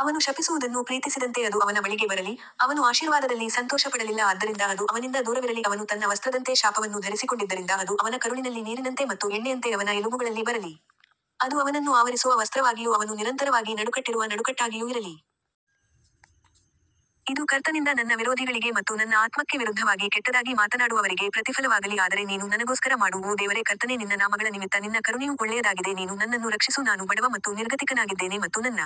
ಅವನು ಶಪಿಸುವುದನ್ನು ಪ್ರೀತಿಸಿದಂತೆ ಅದು ಅವನ ಬಳಿಗೆ ಬರಲಿ, ಅವನು ಆಶೀರ್ವಾದದಲ್ಲಿ ಸಂತೋಷಪಡಲಿಲ್ಲ ಆದ್ದರಿಂದ ಅದು ಅವನಿಂದ ದೂರವಿರಲಿ ಅವನು ತನ್ನ ವಸ್ತ್ರದಂತೆ ಶಾಪವನ್ನು ಧರಿಸಿಕೊಂಡಿದ್ದರಿಂದ ಅದು ಅವನ ಕರುಳಿನಲ್ಲಿ ನೀರಿನಂತೆ ಮತ್ತು ಎಣ್ಣೆಯಂತೆ ಅವನ ಎಲುಬುಗಳಲ್ಲಿ ಬರಲಿ. ಅದು ಅವನನ್ನು ಆವರಿಸುವ ವಸ್ತ್ರವಾಗಿಯೂ ಅವನು ನಿರಂತರವಾಗಿ ನಡುಕಟ್ಟಿರುವ ನಡುಕಟ್ಟಾಗಿಯೂ ಇರಲಿ. ಇದು ಕರ್ತನಿಂದ ನನ್ನ ವಿರೋಧಿಗಳಿಗೆ ಮತ್ತು ನನ್ನ ಆತ್ಮಕ್ಕೆ ವಿರುದ್ಧವಾಗಿ ಕೆಟ್ಟದಾಗಿ ಮಾತನಾಡುವವರಿಗೆ ಪ್ರತಿಫಲವಾಗಲಿ ಆದರೆ ನೀನು ನನಗೋಸ್ಕರ ಮಾಡು ಓ ದೇವರೇ ಕರ್ತನೇ ನಿನ್ನ ನಾಮಗಳ ನಿಮಿತ್ತ ನಿನ್ನ ಕರುಣೆಯು ಒಳ್ಳೆಯದಾಗಿದೆ ನೀನು ನನ್ನನ್ನು ರಕ್ಷಿಸು ನಾನು ಬಡವ ಮತ್ತು ನಿರ್ಗತಿಕನಾಗಿದ್ದೇನೆ ಮತ್ತು ನನ್ನ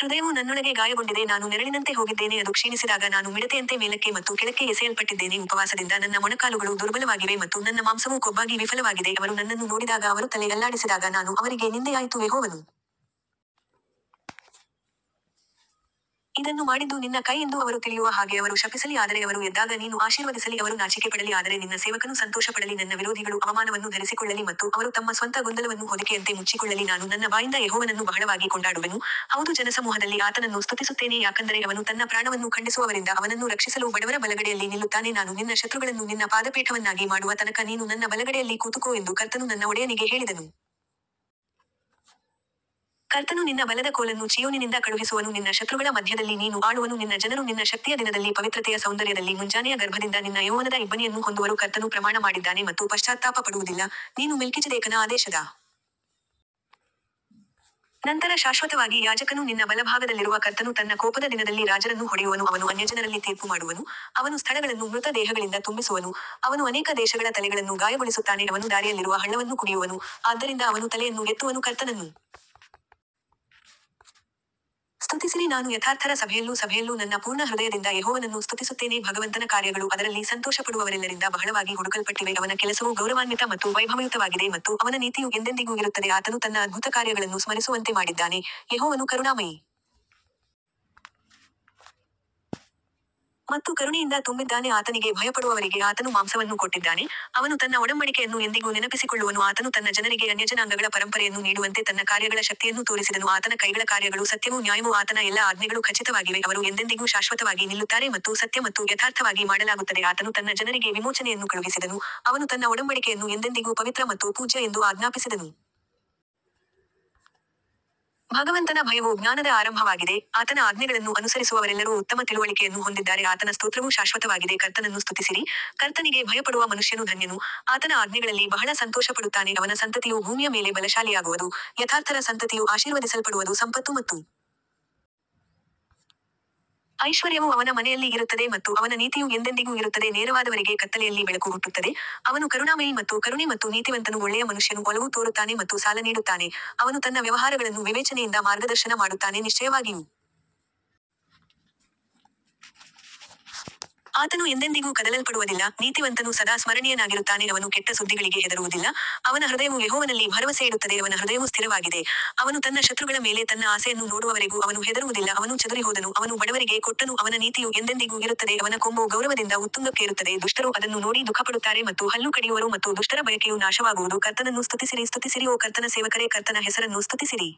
ಹೃದಯವು ನನ್ನೊಳಗೆ ಗಾಯಗೊಂಡಿದೆ ನಾನು ನೆರಳಿನಂತೆ ಹೋಗಿದ್ದೇನೆ ಅದು ಕ್ಷೀಣಿಸಿದಾಗ ನಾನು ಮಿಡತೆಯಂತೆ ಮೇಲಕ್ಕೆ ಮತ್ತು ಕೆಳಕ್ಕೆ ಎಸೆಯಲ್ಪಟ್ಟಿದ್ದೇನೆ ಉಪವಾಸದಿಂದ ನನ್ನ ಮೊಣಕಾಲುಗಳು ದುರ್ಬಲವಾಗಿವೆ ಮತ್ತು ನನ್ನ ಮಾಂಸವು ಕೊಬ್ಬಾಗಿ ವಿಫಲವಾಗಿದೆ ಅವರು ನನ್ನನ್ನು ನೋಡಿದಾಗ ಅವರು ತಲೆ ಅಲ್ಲಾಡಿಸಿದಾಗ ನಾನು ಅವರಿಗೆ ನಿಂದೆಯಾಯಿತು ಯೆಹೋವನು ಇದನ್ನು ಮಾಡಿದ್ದು ನಿನ್ನ ಕೈ ಎಂದು ಅವರು ತಿಳಿಯುವ ಹಾಗೆ ಅವರು ಶಪಿಸಲಿ ಆದರೆ ಅವರು ಎದ್ದಾಗ ನೀನು ಆಶೀರ್ವದಿಸಲಿ ಅವರು ನಾಚಿಕೆಪಡಲಿ ಆದರೆ ನಿನ್ನ ಸೇವಕನು ಸಂತೋಷಪಡಲಿ ನನ್ನ ವಿರೋಧಿಗಳು ಅವಮಾನವನ್ನು ಧರಿಸಿಕೊಳ್ಳಲಿ ಮತ್ತು ಅವರು ತಮ್ಮ ಸ್ವಂತ ಗೊಂದಲವನ್ನು ಹೊದಿಕೆಯಂತೆ ಮುಚ್ಚಿಕೊಳ್ಳಲಿ ನಾನು ನನ್ನ ಬಾಯಿಂದ ಯೆಹೋವನನ್ನು ಬಹಳವಾಗಿ ಕೊಂಡಾಡುವೆನು, ಹೌದು ಜನಸಮೂಹದಲ್ಲಿ ಆತನನ್ನು ಸ್ತುತಿಸುತ್ತೇನೆ ಯಾಕಂದರೆ ಅವನು ತನ್ನ ಪ್ರಾಣವನ್ನು ಖಂಡಿಸುವವರಿಂದ ಅವನನ್ನು ರಕ್ಷಿಸಲು ಬಡವರ ಬಲಗಡೆಯಲ್ಲಿ ನಿಲ್ಲುತ್ತಾನೆ ನಾನು ನಿನ್ನ ಶತ್ರುಗಳನ್ನು ನಿನ್ನ ಪಾದಪೀಠವನ್ನಾಗಿ ಮಾಡುವ ತನಕ ನೀನು ನನ್ನ ಬಲಗಡೆಯಲ್ಲಿ ಕೂತುಕೋ ಎಂದು ಕರ್ತನು ನನ್ನ ಒಡೆಯನಿಗೆ ಹೇಳಿದನು. ಕರ್ತನು ನಿನ್ನ ಬಲದ ಕೋಲನ್ನು ಚೀಯೋನಿನಿಂದ ಕಳುಹಿಸುವನು ನಿನ್ನ ಶತ್ರುಗಳ ಮಧ್ಯದಲ್ಲಿ ನೀನು ಆಳುವನು ನಿನ್ನ ಜನರು ನಿನ್ನ ಶಕ್ತಿಯ ದಿನದಲ್ಲಿ ಪವಿತ್ರತೆಯ ಸೌಂದರ್ಯದಲ್ಲಿ ಮುಂಜಾನೆಯ ಗರ್ಭದಿಂದ ನಿನ್ನ ಯೌವನದ ಇಬ್ಬನಿಯನ್ನು ಹೊಂದುವರು ಕರ್ತನು ಪ್ರಮಾಣ ಮಾಡಿದ್ದಾನೆ ಮತ್ತು ಪಶ್ಚಾತ್ತಾಪ ಪಡುವುದಿಲ್ಲ, ನೀನು ಮೆಲ್ಕಿಜೆದೇಕನ ಆದೇಶದ ನಂತರ ಶಾಶ್ವತವಾಗಿ ಯಾಜಕನು ನಿನ್ನ ಬಲಭಾಗದಲ್ಲಿರುವ ಕರ್ತನು ತನ್ನ ಕೋಪದ ದಿನದಲ್ಲಿ ರಾಜರನ್ನು ಹೊಡೆಯುವನು ಅವನು ಅನ್ಯಜನರಲ್ಲಿ ತೀರ್ಪುಮಾಡುವನು, ಅವನು ಸ್ಥಳಗಳನ್ನು ಮೃತ ದೇಹಗಳಿಂದ ತುಂಬಿಸುವನು, ಅವನು ಅನೇಕ ದೇಶಗಳ ತಲೆಗಳನ್ನು ಗಾಯಗೊಳಿಸುತ್ತಾನೆ ಅವನು ದಾರಿಯಲ್ಲಿರುವ ಹಳ್ಳವನ್ನು ಕುಡಿಯುವನು, ಆದ್ದರಿಂದ ಅವನು ತಲೆಯನ್ನು ಎತ್ತುವನು ಕರ್ತನನ್ನು ಸ್ತುತಿಸಿರಿ ನಾನು ಯಥಾರ್ಥರ ಸಭೆಯಲ್ಲೂ ಸಭೆಯಲ್ಲೂ ನನ್ನ ಪೂರ್ಣ ಹೃದಯದಿಂದ ಯೆಹೋವನನ್ನು ಸ್ತುತಿಸುತ್ತೇನೆ ಭಗವಂತನ ಕಾರ್ಯಗಳು ಅದರಲ್ಲಿ ಸಂತೋಷಪಡುವವರೆಲ್ಲರಿಂದ ಬಹಳವಾಗಿ ಹುಡುಕಲ್ಪಟ್ಟಿವೆ ಅವನ ಕೆಲಸವು ಗೌರವಾನ್ವಿತ ಮತ್ತು ವೈಭವಯುತವಾಗಿದೆ ಮತ್ತು ಅವನ ನೀತಿಯು ಎಂದೆಂದಿಗೂ ಇರುತ್ತದೆ ಆತನು ತನ್ನ ಅದ್ಭುತಕಾರ್ಯಗಳನ್ನು ಸ್ಮರಿಸುವಂತೆ ಮಾಡಿದ್ದಾನೆ, ಯೆಹೋವನು ಕರುಣಾಮಯಿ ಮತ್ತು ಕರುಣೆಯಿಂದ ತುಂಬಿದ್ದಾನೆ ಆತನಿಗೆ ಭಯಪಡುವವರಿಗೆ ಆತನು ಮಾಂಸವನ್ನು ಕೊಟ್ಟಿದ್ದಾನೆ, ಅವನು ತನ್ನ ಒಡಂಬಡಿಕೆಯನ್ನು ಎಂದಿಗೂ ನೆನಪಿಸಿಕೊಳ್ಳುವನು ಆತನು ತನ್ನ ಜನರಿಗೆ ಅನ್ಯಜನಾಂಗಗಳ ಪರಂಪರೆಯನ್ನು ನೀಡುವಂತೆ ತನ್ನ ಕಾರ್ಯಗಳ ಶಕ್ತಿಯನ್ನು ತೋರಿಸಿದನು ಆತನ ಕೈಗಳ ಕಾರ್ಯಗಳು ಸತ್ಯವೂ ನ್ಯಾಯವೂ ಆತನ ಎಲ್ಲಾ ಆಜ್ಞೆಗಳು ಖಚಿತವಾಗಿವೆ ಅವರು ಎಂದೆಂದಿಗೂ ಶಾಶ್ವತವಾಗಿ ನಿಲ್ಲುತ್ತಾರೆ ಮತ್ತು ಸತ್ಯ ಮತ್ತು ಯಥಾರ್ಥವಾಗಿ ಮಾಡಲಾಗುತ್ತದೆ ಆತನು ತನ್ನ ಜನರಿಗೆ ವಿಮೋಚನೆಯನ್ನು ಕಳುಹಿಸಿದನು, ಅವನು ತನ್ನ ಒಡಂಬಡಿಕೆಯನ್ನು ಎಂದೆಂದಿಗೂ ಪವಿತ್ರ ಮತ್ತು ಪೂಜ್ಯ ಎಂದು ಆಜ್ಞಾಪಿಸಿದನು. ಭಗವಂತನ ಭಯವು ಜ್ಞಾನದ ಆರಂಭವಾಗಿದೆ, ಆತನ ಆಜ್ಞೆಗಳನ್ನು ಅನುಸರಿಸುವವರೆಲ್ಲರೂ ಉತ್ತಮ ತಿಳುವಳಿಕೆಯನ್ನು ಹೊಂದಿದ್ದಾರೆ ಆತನ ಸ್ತೋತ್ರವು ಶಾಶ್ವತವಾಗಿದೆ ಕರ್ತನನ್ನು ಸ್ತುತಿಸಿರಿ, ಕರ್ತನಿಗೆ ಭಯಪಡುವ ಮನುಷ್ಯನು ಧನ್ಯನು, ಆತನ ಆಜ್ಞೆಗಳಲ್ಲಿ ಬಹಳ ಸಂತೋಷಪಡುತ್ತಾನೆ ಅವನ ಸಂತತಿಯು ಭೂಮಿಯ ಮೇಲೆ ಬಲಶಾಲಿಯಾಗುವದು, ಯಥಾರ್ಥರ ಸಂತತಿಯು ಆಶೀರ್ವದಿಸಲ್ಪಡುವದು ಸಂಪತ್ತು ಮತ್ತು ಐಶ್ವರ್ಯವು ಅವನ ಮನೆಯಲ್ಲಿ ಇರುತ್ತದೆ ಮತ್ತು ಅವನ ನೀತಿಯು ಎಂದೆಂದಿಗೂ ಇರುತ್ತದೆ ನೇರವಾದವರಿಗೆ ಕತ್ತಲೆಯಲ್ಲಿ ಬೆಳಕು ಹುಟ್ಟುತ್ತದೆ, ಅವನು ಕರುಣಾಮಯಿ ಮತ್ತು ಕರುಣೆ ಮತ್ತು ನೀತಿವಂತನು ಒಳ್ಳೆಯ ಮನುಷ್ಯನು ಒಲವು ತೋರುತ್ತಾನೆ ಮತ್ತು ಸಾಲ ನೀಡುತ್ತಾನೆ, ಅವನು ತನ್ನ ವ್ಯವಹಾರಗಳನ್ನು ವಿವೇಚನೆಯಿಂದ ಮಾರ್ಗದರ್ಶನ ಮಾಡುತ್ತಾನೆ ನಿಶ್ಚಯವಾಗಿಯೂ ಆತನು ಎಂದೆಂದಿಗೂ ಕದಲಲ್ಪಡುವದಿಲ್ಲ, ನೀತಿವಂತನು ಸದಾ ಸ್ಮರಣೀಯನಾಗಿರುತ್ತಾನೆ ಅವನು ಕೆಟ್ಟ ಸುದ್ದಿಗಳಿಗೆ ಹೆದರುವುದಿಲ್ಲ, ಅವನ ಹೃದಯವು ಯೆಹೋವನಲ್ಲಿ ಭರವಸೆಯಿಡುತ್ತದೆ ಅವನ ಹೃದಯವು ಸ್ಥಿರವಾಗಿದೆ, ಅವನು ತನ್ನ ಶತ್ರುಗಳ ಮೇಲೆ ತನ್ನ ಆಸೆಯನ್ನು ನೋಡುವವರೆಗೂ ಅವನು ಹೆದರುವುದಿಲ್ಲ ಅವನು ಚದುರಿಹೋದನು ಅವನು ಬಡವರಿಗೆ ಕೊಟ್ಟನು ಅವನ ನೀತಿಯು ಎಂದೆಂದಿಗೂ ಇರುತ್ತದೆ ಅವನ ಕೊಂಬು ಗೌರವದಿಂದ ಉತ್ತುಂಗಕ್ಕೇರುತ್ತದೆ ದುಷ್ಟರು ಅದನ್ನು ನೋಡಿ ದುಃಖಪಡುತ್ತಾರೆ ಮತ್ತು ಹಲ್ಲು ಕಡಿಯುವರು ಮತ್ತು ದುಷ್ಟರ ಬಯಕೆಯು ನಾಶವಾಗುವುದು ಕರ್ತನನ್ನು ಸ್ತುತಿಸಿರಿ ಸ್ತುತಿಸಿರಿ ಓ ಕರ್ತನ ಸೇವಕರೇ ಕರ್ತನ ಹೆಸರನ್ನು ಸ್ತುತಿಸಿರಿ.